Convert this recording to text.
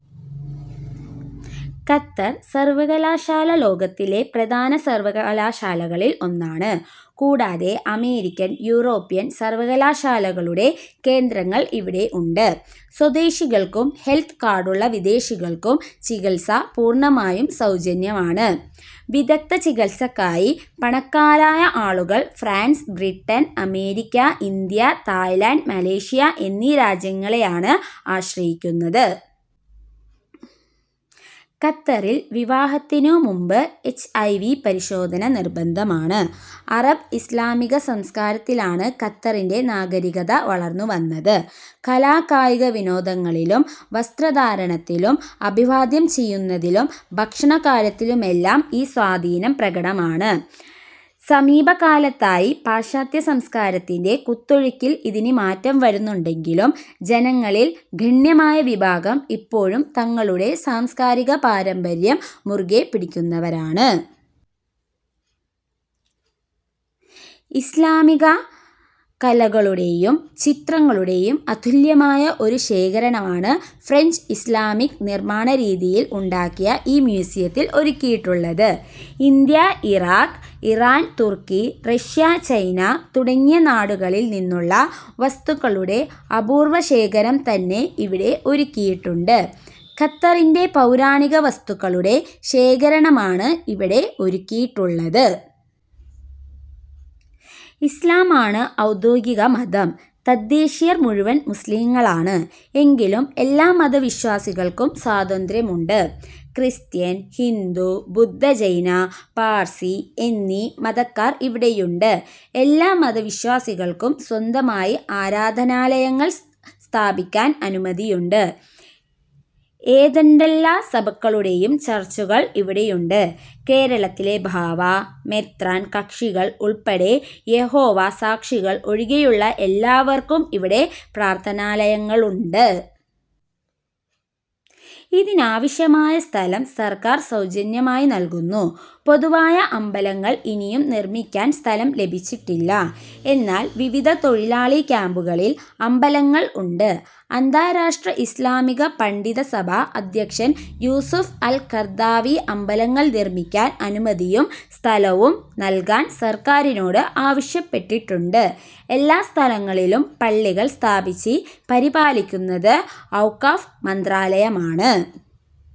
Qatar സർവ്വകലാശാല ലോകത്തിലെ പ്രധാന സർവകലാശാലകളിൽ ഒന്നാണ്. കൂടാതെ അമേരിക്കൻ, യൂറോപ്യൻ സർവകലാശാലകളുടെ കേന്ദ്രങ്ങൾ ഇവിടെ ഉണ്ട്. സ്വദേശികൾക്കും ഹെൽത്ത് കാർഡുള്ള വിദേശികൾക്കും ചികിത്സ പൂർണ്ണമായും സൗജന്യമാണ്. വിദഗ്ദ്ധ ചികിത്സക്കായി പണക്കാരായ ആളുകൾ France, Britain, America, India, Thailand, Malaysia എന്നീ രാജ്യങ്ങളെയാണു ആശ്രയിക്കുന്നത്. ഖത്തറിൽ വിവാഹത്തിനു മുമ്പു എച്. ഐ. വി. പരിശോധന നിർബന്ധമാണ്. അറബ് ഇസ്ലാമിക സംസകാരത്തിലാണു ഖത്തറിന്റെ നാഗരികത വളർന്നുവന്നത്. കലാ കായിക വിനോദങ്ങളിലും, വസ്ത്രധാരണത്തിലും, അഭിവാദ്യം ചെയ്യുന്നതിലും, ഭക്ഷണകാര്യത്തിലുമെല്ലാം ഈ സ്വാധീനം പ്രകടമാണ്. സമീപ കാലത്തായി പശ്ചാത്യ സംസകാരത്തിന്റെ കുത്തൊഴുക്കിൽ ഇതിനു മാറ്റം വരുന്നുണ്ടെങ്കിലും ജനങ്ങളിൽ ഗണ്യമായ വിഭാഗം ഇപ്പോഴും തങ്ങളുടെ സാംസ്കാരിക പാരമ്പര്യം മുറുകെ പിടിക്കുന്നവരാണ്. ഇസ്ലാമിക കലകളുടെയും, ചിത്രങ്ങളുടെയും അതുല്യമായ ഒരു ശേഖരണമാണു ഫ്രെഞ്ച് ഇസ്ലാമിക് നിർമ്മാണ രീതിയിൽ ഉണ്ടാക്കിയ ഈ മ്യൂസിയത്തിൽ ഒരുക്കിയിട്ടുള്ളതു. ഇന്ത്യ, ഇറാഖ്, ഇറാൻ, തുർക്കി, റഷ്യ, ചൈന തുടങ്ങിയ നാടുകളിൽ നിന്നുള്ള വസ്തുക്കളുടെ അപൂർവശേഖരം തന്നെ ഇവിടെ ഒരുക്കിയിട്ടുണ്ട്. ഖത്തരിന്റെ പൗരാണിക വസ്തുക്കളുടെ ശേഖരണമാണു ഇവിടെ ഒരുക്കിയിട്ടുള്ളത്. ഇസ്ലാമാണു ഔദ്യോഗിക മതം. തദ്ദേശിയർ മുഴുവൻ മുസ്ലിംകളാണ്. എങ്കിലും എല്ലാ മതവിശ്വാസികൾക്കും സ്വാതന്ത്ര്യമുണ്ട്. ക്രിസ്ത്യൻ, ഹിന്ദു, ബുദ്ധ, ജൈന, പാർസി എന്നീ മതക്കാർ ഇവിടെയുണ്ട്. എല്ലാ മത വിശ്വാസികൾക്കും സ്വന്തമായി ആരാധനാലയങ്ങൾ സ്ഥാപിക്കാൻ അനുമതിയുണ്ട്. ഏതാണ്ടെല്ലാ സഭക്കളുടെയും ചർച്ചുകൾ ഇവിടെയുണ്ട്. കേരളത്തിലെ ബാവ, മെത്രാൻ കക്ഷികൾ ഉൾപ്പെടെ യഹോവ സാക്ഷികൾ ഒഴികെയുള്ള എല്ലാവർക്കും ഇവിടെ പ്രാർത്ഥനാലയങ്ങളുണ്ട്. ഇതിനാവശ്യമായ സ്ഥലം സർക്കാർ സൗജന്യമായി നൽകുന്നു. പൊതുവായ അമ്പലങ്ങൾ ഇനിയും നിർമ്മിക്കാൻ സ്ഥലം ലഭിച്ചിട്ടില്ല. എന്നാൽ വിവിധ തൊഴിലാളി ക്യമ്പുകളിൽ അമ്പലങ്ങൾ ഉണ്ട്. അന്താരാഷ്ട്രാ ഇസ്ലാമിക പണ്ഡിതസഭ അധ്യക്ഷൻ യൂസുഫ് അൽ ഖറദാവി അമ്പലങ്ങൾ നിർമ്മിക്കാൻ അനുമതിയും സ്ഥലവും നൽകാൻ സർക്കാരിനോട് ആവശ്യപ്പെട്ടിട്ടുണ്ട്. എല്ലാ സ്ഥലങ്ങളിലും പള്ളികൾ സ്ഥാപിച്ച് പരിപാലിക്കുന്നത് ഔഖാഫ് മന്ത്രാലയമാണ്.